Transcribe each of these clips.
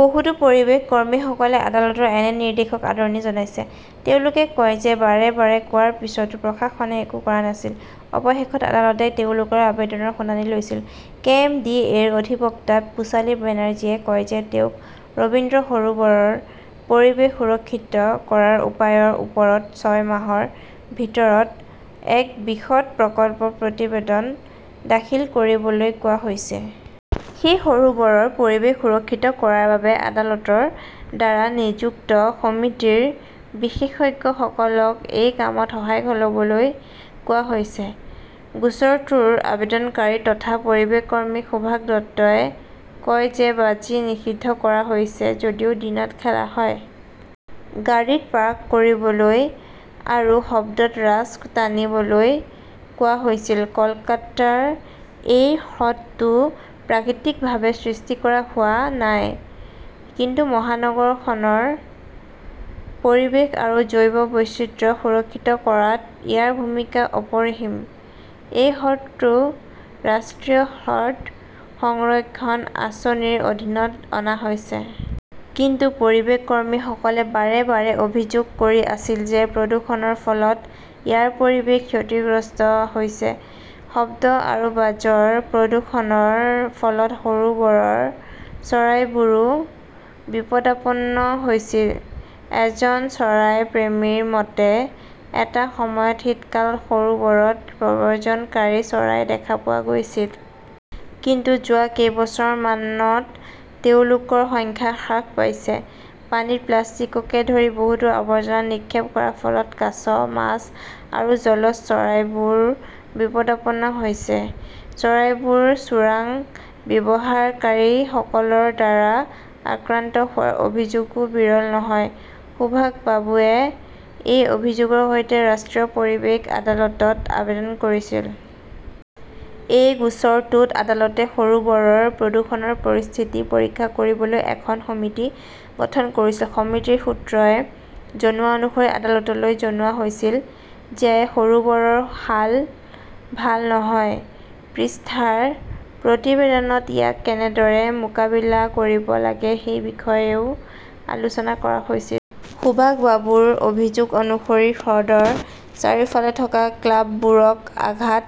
বহুতো পৰিৱেশ কৰ্মীসকলে আদালতৰ এনে নিৰ্দেশক আদৰণি জনাইছে। তেওঁলোকে কয় যে বাৰে বাৰে কোৱাৰ পিছতো প্ৰশাসনে একো কৰা নাছিল। অৱশেষত আদালতে তেওঁলোকৰ আবেদনৰ শুনানি লৈছিল। কে. এম. ডি. এ. -ৰ অধিবক্তা পোচালী বেনাৰ্জীয়ে কয় যে তেওঁক ৰবীন্দ্ৰ সৰোবৰৰ পৰিৱেশ সুৰক্ষিত কৰাৰ উপায়ৰ ওপৰত ছয় মাহৰ ভিতৰত এক বিশদ প্ৰকল্প প্ৰতিবেদন দাখিল কৰিবলৈ কোৱা হৈছে। সেই সৰোবৰৰ পৰিৱেশ সুৰক্ষিত কৰাৰ বাবে আদালতৰ দ্বাৰা নিযুক্ত সমিতিৰ বিশেষজ্ঞসকলক এই কামত সহায় লবলৈ কোৱা হৈছে। গোচৰটোৰ আবেদনকাৰী তথা পৰিৱেশ কৰ্মী সুভাষ দত্তই কয় যে বাজি নিষিদ্ধ কৰা হৈছে যদিও দিনত খেলা হয়। গাড়ী পাৰ্ক কৰিবলৈ আৰু শব্দত ৰাছ টানিবলৈ কোৱা হৈছিল। কলকাতাৰ এই হ্ৰদটো প্ৰাকৃতিকভাৱে সৃষ্টি কৰা হোৱা নাই। কিন্তু মহানগৰখনৰ পৰিৱেশ আৰু জৈৱ বৈচিত্ৰ্য সুৰক্ষিত কৰাত ইয়াৰ ভূমিকা অপৰিসীম। এই হ্ৰদটো ৰাষ্ট্ৰীয় হ্ৰদ সংৰক্ষণ আঁচনিৰ অধীনত অনা হৈছে। কিন্তু পৰিৱেশ কৰ্মীসকলে বাৰে-বাৰে অভিযোগ কৰি আছিল যে প্ৰদূষণৰ ফলত ইয়াৰ পৰিৱেশ ক্ষতিগ্ৰস্ত হৈছে। শব্দ আৰু বাজৰ প্ৰদূষণৰ ফলত সৰোবৰৰ চৰাইবোৰো বিপদাপন্ন হৈছিল। এজন চৰাই প্ৰেমীৰ মতে, এটা সময়ত শীতকালত সৰোবৰত প্ৰব্ৰজনকাৰী চৰাই দেখা পোৱা গৈছিল। কিন্তু যোৱা কেইবছৰমানত তেওঁলোকৰ সংখ্যা হ্ৰাস পাইছে। পানীত প্লাষ্টিককে ধৰি বহুতো আৱৰ্জনা নিক্ষেপ কৰাৰ ফলত কাছ, মাছ আৰু জলজ চৰাইবোৰ বিপদাপন্ন হৈছে। চৰাইবোৰ চোৰাং ব্যৱহাৰকাৰীসকলৰ দ্বাৰা আক্ৰান্ত হোৱাৰ অভিযোগও বিৰল নহয়। সুভাষ বাবুৱে এই অভিযোগৰ সৈতে ৰাষ্ট্ৰীয় পৰিৱেশ আদালতত আবেদন কৰিছিল। সেই গোচৰটোত আদালতে সৰোবৰৰ প্ৰদূষণৰ পৰিস্থিতি পৰীক্ষা কৰিবলৈ এখন সমিতি গঠন কৰিছিল। সমিতিৰ সূত্ৰই জনোৱা অনুসৰি আদালতলৈ জনোৱা হৈছিল যে সৰোবৰৰ হাল ভাল নহয়। পৃষ্ঠাৰ প্ৰতিবেদনত ইয়াক কেনেদৰে মোকাবিলা কৰিব লাগে সেই বিষয়েও আলোচনা কৰা হৈছিল। সুভাষ বাবুৰ অভিযোগ অনুসৰি হ্ৰদৰ চাৰিওফালে থকা ক্লাববোৰক আঘাত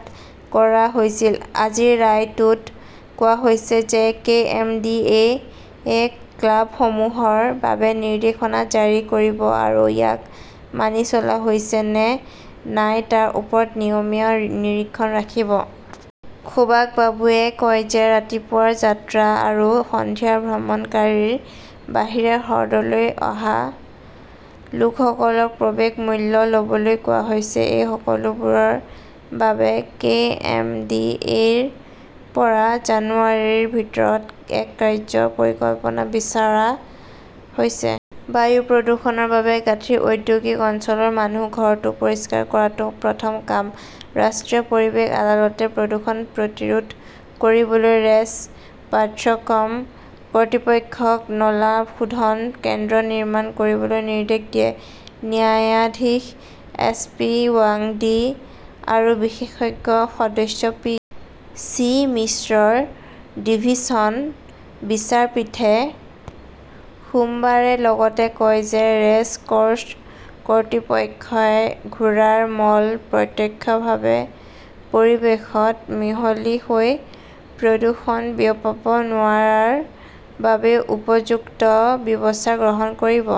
কৰা হৈছিল। আজি ৰায়টোত কোৱা হৈছে যে কে. এম. ডি. এ. -য়ে ক্লাবসমূহৰ বাবে নিৰ্দেশনা জাৰি কৰিব আৰু ইয়াক মানি চলা হৈছে নে নাই তাৰ ওপৰত নিয়মীয়া নিৰীক্ষণ ৰাখিব। সুভাষ বাবুৱে কয় যে ৰাতিপুৱাৰ যাত্ৰা আৰু সন্ধিয়াৰ ভ্ৰমণকাৰীৰ বাহিৰে হ্ৰদলৈ অহা লোকসকলক প্ৰৱেশ মূল্য লবলৈ কোৱা হৈছে। এই সকলোবোৰৰ বাবে কে. এম. ডি. এ. -ৰ পৰা জানুৱাৰীৰ ভিতৰত এক 'কাৰ্য্য পৰিকল্পনা বিচাৰা হৈছে। বায়ু প্ৰদূষণৰ বাবে গাঁঠিৰ ঔদ্যোগিক অঞ্চলৰ মানুহ, ঘৰটো পৰিষ্কাৰ কৰাটো প্ৰথম কাম ৰাষ্ট্ৰীয় পৰিৱেশ আদালতে প্ৰদূষণ প্ৰতিৰোধ কৰিবলৈ ৰেচ পাঠ্যক্ৰম কৰ্তৃপক্ষক নলা শোধন কেন্দ্ৰ নিৰ্মাণ কৰিবলৈ নিৰ্দেশ দিয়ে। ন্যায়াধীশ এছ. পি. ৱাংদী আৰু বিশেষজ্ঞ সদস্য পি. চি. মিশ্ৰৰ ডিভিছন বিচাৰপীঠে সোমবাৰে লগতে কয় যে ৰেচ কৰ্চ কৰ্তৃপক্ষই ঘোঁৰাৰ মল প্ৰত্যক্ষভাৱে পৰিৱেশত মিহলি হৈ প্ৰদূষণ বিয়পাব নোৱাৰাৰ বাবেও উপযুক্ত ব্যৱস্থা গ্ৰহণ কৰিব।